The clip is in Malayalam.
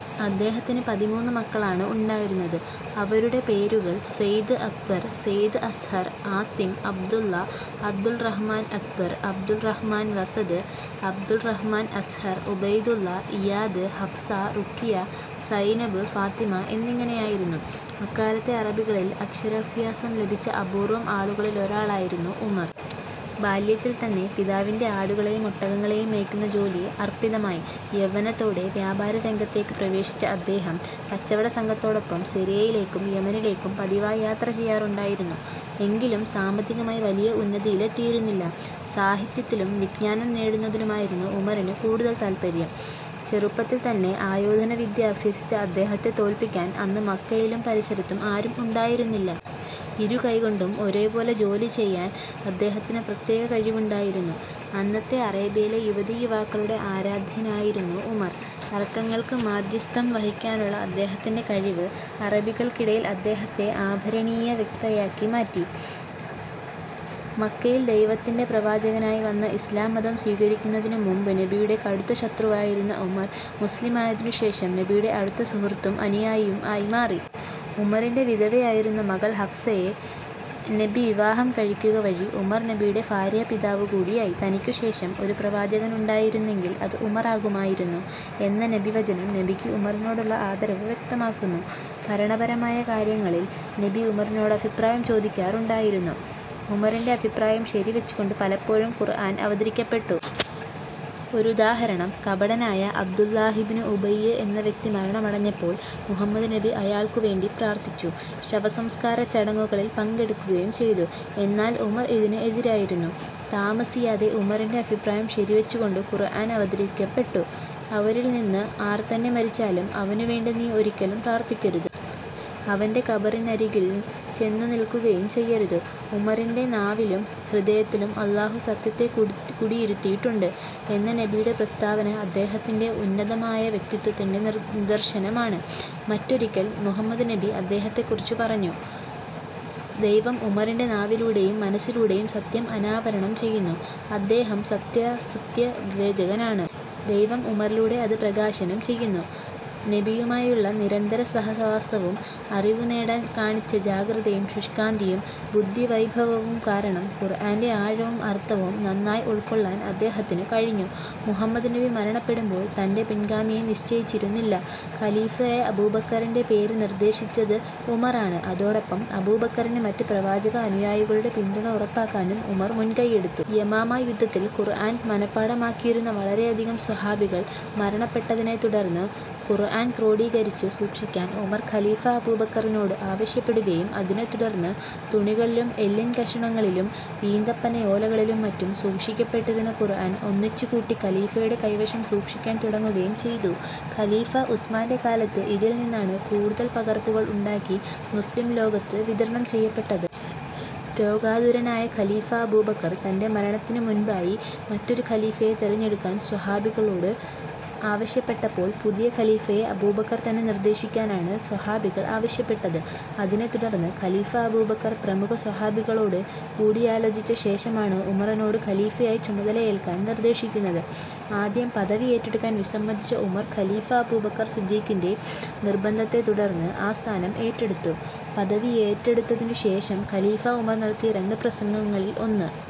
അദ്ദേഹത്തിന് പതിമൂന്ന് മക്കളാണ് ഉണ്ടായിരുന്നത്. അവരുടെ പേരുകൾ സൈദ് അക്ബർ, സൈദ് അസ്ഹർ, ആസിം, അബ്ദുള്ള, അബ്ദുൾ റഹ്മാൻ അക്ബർ, അബ്ദുൾ റഹ്മാൻ വസദ്, അബ്ദുൾ റഹ്മാൻ അസ്ഹർ, ഉബൈദുള്ള, ഇയാദ്, ഹഫ്സ, റുഖിയ, സൈനബ്, ഫാത്തിമ എന്നിങ്ങനെയായിരുന്നു. അക്കാലത്തെ അറബികളിൽ അക്ഷരാഭ്യാസം ലഭിച്ച അപൂർവ്വം ആളുകളിലൊരാളായിരുന്നു ഉമർ. ബാല്യത്തിൽ തന്നെ പിതാവിന്റെ ആടുകളെയും ഒട്ടകങ്ങളെയും മേക്കുന്ന ജോലി അർപ്പിതമായി. യൗവനത്തോടെ വ്യാപാര രംഗത്തേക്ക് പ്രവേശിച്ച അദ്ദേഹം കച്ചവടസംഘത്തോടൊപ്പം സിറിയയിലേക്കും, യമനിലേക്കും പതിവായി യാത്ര ചെയ്യാറുണ്ടായിരുന്നു. എങ്കിലും സാമ്പത്തികമായി വലിയ ഉന്നതിയിലെത്തിയിരുന്നില്ല. സാഹിത്യത്തിലും, വിജ്ഞാനം നേടുന്നതിലുമായിരുന്നു ഉമറിന് കൂടുതൽ താല്പര്യം. ചെറുപ്പത്തിൽ തന്നെ ആയോധനവിദ്യ അഭ്യസിച്ച അദ്ദേഹത്തെ തോൽപ്പിക്കാൻ അന്ന് മക്കയിലും പരിസരത്തും ആരും ഉണ്ടായിരുന്നില്ല. ഇരു കൈകൊണ്ടും ഒരേ പോലെ ജോലി ചെയ്യാൻ അദ്ദേഹത്തിന് പ്രത്യേക കഴിവുണ്ടായിരുന്നു. അന്നത്തെ അറേബ്യയിലെ യുവതീ-യുവാക്കളുടെ ആരാധ്യനായിരുന്നു ഉമർ. തർക്കങ്ങൾക്ക് മാധ്യസഥം വഹിക്കാനുള്ള അദ്ദേഹത്തിന്റെ കഴിവ് അറബികൾക്കിടയിൽ അദ്ദേഹത്തെ ആദരണീയ വ്യക്തിയാക്കി മാറ്റി. മക്കയിൽ ദൈവത്തിന്റെ പ്രവാചകനായി വന്ന ഇസ്ലാം മതം സ്വീകരിക്കുന്നതിനു മുമ്പ് നബിയുടെ കടുത്ത ശത്രുവായിരുന്ന ഉമർ, മുസ്ലിമായതിനു ശേഷം നബിയുടെ അടുത്ത സുഹൃത്തും അനുയായിയും ആയി മാറി. ഉമറിന്റെ വിധവയായിരുന്ന മകൾ ഹഫ്സയെ നബി വിവാഹം കഴിക്കുക വഴി ഉമർ നബിയുടെ ഭാര്യാപിതാവു കൂടിയായി. "തനിക്കു ശേഷം ഒരു പ്രവാചകനുണ്ടായിരുന്നെങ്കിൽ അത് ഉമറാകുമായിരുന്നു" എന്ന നബിവചനം നബിക്ക് ഉമറിനോടുള്ള ആദരവ് വ്യക്തമാക്കുന്നു. ഭരണപരമായ കാര്യങ്ങളിൽ നബി ഉമറിനോടഭിപ്രായം ചോദിക്കാറുണ്ടായിരുന്നു. ഉമറിന്റെ അഭിപ്രായം ശരിവെച്ചുകൊണ്ട് പലപ്പോഴും ഖുർആൻ അവതരിക്കപ്പെട്ടു. ഒരുദാഹരണം, കപടനായ അബ്ദുല്ലാഹിബ്നു ഉബയ്യ് എന്ന വ്യക്തി മരണമടഞ്ഞപ്പോൾ മുഹമ്മദ് നബി അയാൾക്കു വേണ്ടി പ്രാർത്ഥിച്ചു. ശവസംസ്കാരചടങ്ങുകളിൽ പങ്കെടുക്കുകയും ചെയ്തു. എന്നാൽ ഉമർ ഇതിന് എതിരായിരുന്നു. താമസിയാതെ ഉമറിന്റെ അഭിപ്രായം ശരിവെച്ചുകൊണ്ട് ഖുർആൻ അവതരിക്കപ്പെട്ടു. അവരിൽ നിന്ന് ആർ തന്നെ മരിച്ചാലും അവനു വേണ്ടി നീ ഒരിക്കലും പ്രാർത്ഥിക്കരുത്. അവന്റെ ഖബറിന്നരികിൽ ചെന്നു നിൽക്കുകയും ചെയ്യരുത്. "ഉമറിന്റെ നാവിലും ഹൃദയത്തിലും അല്ലാഹു സത്യത്തെ കുടിയിരുത്തിയിട്ടുണ്ട്" എന്ന നബിയുടെ പ്രസ്താവന അദ്ദേഹത്തിന്റെ ഉന്നതമായ വ്യക്തിത്വത്തിന്റെ നിദർശനമാണ്. മറ്റൊരിക്കൽ മുഹമ്മദ് നബി അദ്ദേഹത്തെക്കുറിച്ച് പറഞ്ഞു: "ദൈവം ഉമറിന്റെ നാവിലൂടെയും മനസ്സിലൂടെയും സത്യം അനാവരണം ചെയ്യുന്നു, അദ്ദേഹം സത്യാസത്യ വിവേചകനാണ്. ദൈവം ഉമറിലൂടെ അത് പ്രകാശനം ചെയ്യുന്നു". നബിയുമായുള്ള നിരന്തരസഹവാസവും അറിവുനേടാൻ കാണിച്ച ജാഗ്രതയും ശുഷ്കാന്തിയും ബുദ്ധിവൈഭവവും കാരണം ഖുർആന്റെ ആഴവും അർഥവും നന്നായി ഉൾക്കൊള്ളാൻ അദ്ദേഹത്തിനു കഴിഞ്ഞു. മുഹമ്മദ് നബി മരണപ്പെടുമ്പോൾ തന്റെ പിൻഗാമിയെ നിശ്ചയിച്ചിരുന്നില്ല. ഖലീഫയായി അബൂബക്കറിന്റെ പേര് നിർദ്ദേശിച്ചത് ഉമറാണ്. അതോടൊപ്പം അബൂബക്കറിന് മറ്റ് പ്രവാചക അനുയായികളുടെ പിന്തുണ ഉറപ്പാക്കാനും ഉമർ മുൻകൈയെടുത്തു. യമാമ യുദ്ധത്തിൽ ഖുർആൻ മനപാഠമാക്കിയിരുന്ന വളരെയധികം സ്വഹാബികൾ മരണപ്പെട്ടതിനെത്തുടർന്ന് ഖുർആൻ ക്രോഡീകരിച്ച് സൂക്ഷിക്കാൻ ഉമർ ഖലീഫ അബൂബക്കറിനോട് ആവശ്യപ്പെടുകയും അതിനെത്തുടർന്ന് തുണികളിലും, എല്ലിൻ കഷണങ്ങളിലും, ഈന്തപ്പനയോലകളിലും മറ്റും സൂക്ഷിക്കപ്പെട്ടിരുന്ന ഖുർആൻ ഒന്നിച്ചുകൂട്ടി ഖലീഫയുടെ കൈവശം സൂക്ഷിക്കാൻ തുടങ്ങുകയും ചെയ്തു. ഖലീഫ ഉസ്മാന്റെ കാലത്ത് ഇതിൽ നിന്നാണ് കൂടുതൽ പകർപ്പുകൾ ഉണ്ടാക്കി മുസ്ലിം ലോകത്ത് വിതരണം ചെയ്യപ്പെട്ടത്. രോഗാതുരനായ ഖലീഫാ അബൂബക്കർ തന്റെ മരണത്തിനു മുൻപായി മറ്റൊരു ഖലീഫയെ തെരഞ്ഞെടുക്കാൻ സ്വഹാബികളോട് ആവശ്യപ്പെട്ടപ്പോൾ പുതിയ ഖലീഫയെ അബൂബക്കർ തന്നെ നിർദ്ദേശിക്കാനാണ് സ്വഹാബികൾ ആവശ്യപ്പെട്ടത്. അതിനെത്തുടർന്ന് ഖലീഫാ അബൂബക്കർ പ്രമുഖ സ്വഹാബികളോട് കൂടിയാലോചിച്ച ശേഷമാണ് ഉമറിനോട് ഖലീഫയായി ചുമതലയേൽക്കാൻ നിർദ്ദേശിക്കുന്നത്. ആദ്യം പദവി ഏറ്റെടുക്കാൻ വിസമ്മതിച്ച ഉമർ ഖലീഫ അബൂബക്കർ സിദ്ദീഖിന്റെ നിർബന്ധത്തെത്തുടർന്ന് ആ സ്ഥാനം ഏറ്റെടുത്തു. പദവിയേറ്റെടുത്തതിനു ശേഷം ഖലീഫാ ഉമർ നടത്തിയ രണ്ടു പ്രസംഗങ്ങളിൽ ഒന്ന്